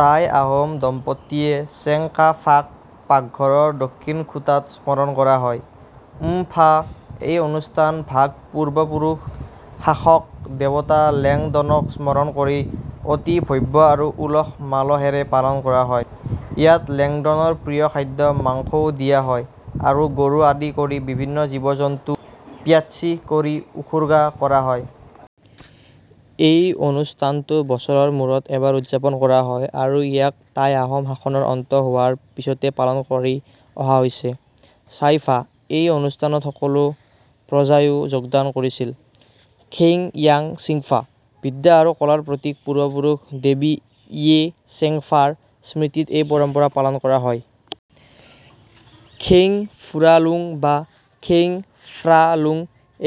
টাই-আহোম দম্পতীয়ে চেং-কা-ফাক পাকঘৰৰ দক্ষিণ খুটাত স্মৰণ কৰা হয়। উম-ফা: এই অনুষ্ঠান ভাগ পূৰ্বপুৰুষ শাসক দেৱতা লেং-দনক স্মৰণ কৰি অতি ভব্য আৰু উলহ মালহেৰে পালন কৰা হয়। ইয়াত লেংদনৰ প্ৰিয় খাদ্য মাংসও দিয়া হয় আৰু গৰু আদি কৰি বিভিন্ন জীৱ জন্তু প্য়াত-চি কৰি উৎসৰ্গা কৰা হয়। এই অনুষ্ঠানটো বছৰৰ মূৰত এবাৰ উদযাপন কৰা হয় আৰু ইয়াক টাই-আহোম শাসনৰ অন্ত হোৱাৰ পিছতো পালন কৰি অহা হৈছে। চাই-ফা: এই অনুষ্ঠানত সকলো প্ৰজাইয়ো যোগদান কৰিছিল। খ্যেক য়াচিংফা: বিদ্যা আৰু কলাৰ প্ৰতীক পূৰ্বপুৰুষ দেৱী য়ে-চেং-ফাৰ স্মৃতিত এই পৰম্পৰা পালন কৰা হয়। খ্যেং ফুৰালুং বা খ্যেং ফ্ৰা-লুং: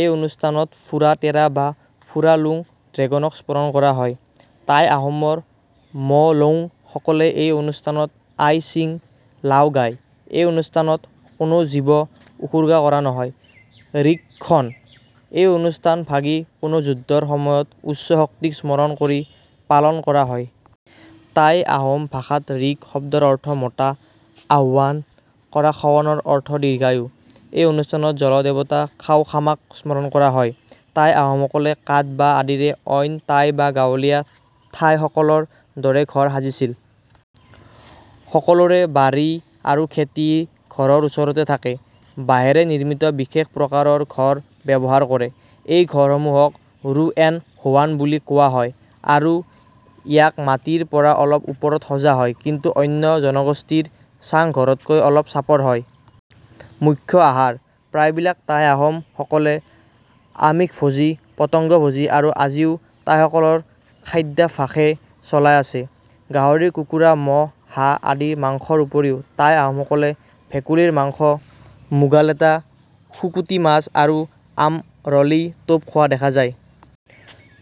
এই অনুষ্ঠানত ফুৰা-তেৰা বা ফুৰা-লুং ড্ৰেগনক স্মৰণ কৰা হয়। টাই-আহোমৰ ম'-লৌং সকলে এই অনুষ্ঠানত আই-চিং-লাও গায়। এই অনুষ্ঠানত কোনো জীৱ উৎসৰ্গা কৰা নহয়। ৰিক খ্বন: এই অনুষ্ঠান ভাগি কোনো যুদ্ধৰ সময়ত উচ্চ শক্তিক স্মৰণ কৰি পালন কৰা হয়। টাই-আহোম ভাষাত ৰিক শব্দৰ অৰ্থ মতা / আহ্ৱান কৰা খ্ৱনৰ অৰ্থ দীৰ্ঘায়ু। এই অনুষ্ঠানত জল দেৱতা খাও-খামক স্মৰণ কৰা হয়। টাই-আহোমসকলে কাঠ, বাঁহ আদিৰে অইন টাই বা গাঁৱলীয়া থাইসকলৰ দৰে ঘৰ সাজিছিল। সকলোৰে বাৰী আৰু খেতি ঘৰৰ ওচৰতে থাকে। বাঁহেৰে নিৰ্মিত বিশেষ প্ৰকাৰৰ ঘৰ ব্যৱহাৰ কৰে। এই ঘৰসমূহক ৰু'এন-হোৱাণ বুলি কোৱা হয় আৰু ইয়াক মাটিৰ পৰা অলপ ওপৰত সজা হয় কিন্তু অন্য জনগোষ্ঠীৰ চাং-ঘৰতকৈ অলপ চাপৰ হয়। মুখ্য আহাৰ: প্ৰায়বিলাক টাই-আহোম সকলে আমিষভোজী, পতংগভোজী আৰু আজিও টাইসকলৰ খাদ্যাভ্যাসেই চলাই আছে। গাহৰি, কুকুৰা, মহ, হাঁহ আদিৰ মাংস ৰ উপৰিও টাই-আহোমসকলে ভেকুলী ৰ মাংস, মুগালেটা, শুকুতী মাছ আৰু আমৰলি টোপ খোৱা দেখা যায়।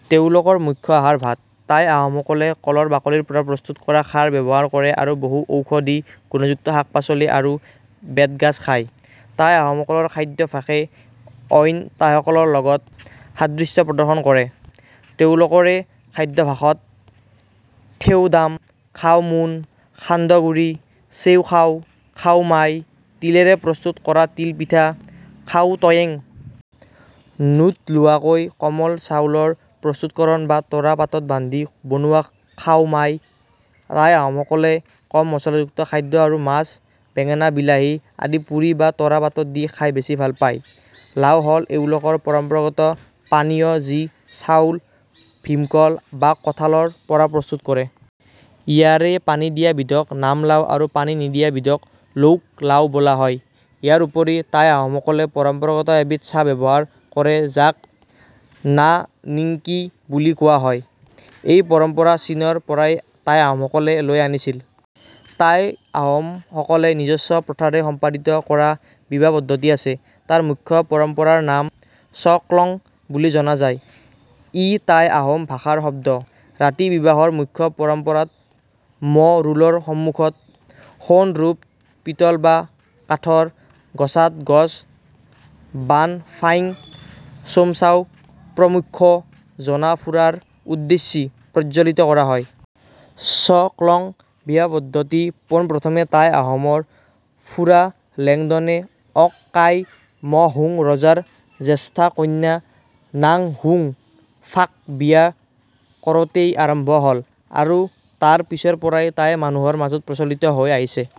তেওঁলোকৰ মুখ্য আহাৰ ভাত। টাই-আহোমসকলে কলৰ বাকলিৰ পৰা প্ৰস্তুত কৰা খাৰ ব্যৱহাৰ কৰে আৰু বহু ঔষধি গুণযুক্ত শাক-পাচলি আৰু বেত-গাঁজ খায়। টাই-আহোমসকলৰ খাদ্যাভাসে অইন টাইসকলৰ লগত সাদৃশ্য প্ৰদৰ্শন কৰে। তেওঁলোকৰে খাদ্যাভাষত- থেও-দাম, খাও-মুন, সান্দহ গুৰী, চেও-খাও, খাও-মাই, তিলেৰে প্ৰস্তুত কৰা তিল পিঠা, খাও-ত্য়েক। নুতলোৱাকৈ কোমল চাউল ৰ প্ৰস্তুতকৰণ বা তৰা পাতত বান্ধি বনোৱা খাও-মাই। টাই-আহোমসকলে কম মছলাযুক্ত খাদ্য আৰু মাছ, বেঙেনা, বিলাহী আদি পুৰি বা তৰা পাতত দি খাই বেছি ভাল পায়। লাও হ'ল এওঁলোকৰ পৰম্পৰাগত পানীয় যি চাউল ভীমকল বা কঠাল ৰ পৰা প্ৰস্তুত কৰে। ইয়াৰে পানী দিয়া বিধক নাম-লাও আৰু পানী নিদিয়া বিধক লৌক-লাও বোলা হয়। ইয়াৰ উপৰি টাই-আহোমসকলে পৰম্পৰাগত এবিধ চাহ ব্যৱহাৰ কৰে যাক না নিঙকি বুলি কোৱা হয়। এই পৰম্পৰা চীনৰ পৰাই টাই-আহোমসকলে লৈ আনিছিল। টাই-আহোম সকলে নিজস্ব প্ৰথাৰে সম্পাদিত কৰা বিবাহ পদ্ধতি আছে। তাৰ মুখ্য পৰম্পৰাৰ নাম " চ-ক্লং " বুলি জনা যায়। ই টাই-আহোম ভাষাৰ শব্দ। ৰাতি বিবাহ ৰ মুখ্য পৰম্পৰাত ম'-ৰুলৰ সন্মুখত সোণ, ৰূপ, পিতল বা কাঠ ৰ গছাত গছ বান-ফাইং চোমচাও প্ৰমুখ্যে জনা ফুৰা ৰ উদ্দেশ্যি প্ৰজ্জ্বলিত কৰা হয়। " চ-ক্লং " বিবাহ পদ্ধতি পোন প্ৰথমে টাই-আহোমৰ ফুৰা লেংডনে অক-কাই ম'-হুং ৰজাৰ জ্যেষ্ঠা কন্যা নাং হুন ফা ক বিয়া কৰোঁতেই আৰম্ভ হ'ল আৰু তাৰ পিছৰ পৰাই টাই মানুহৰ মাজত প্ৰচলিত হৈ আহিছে।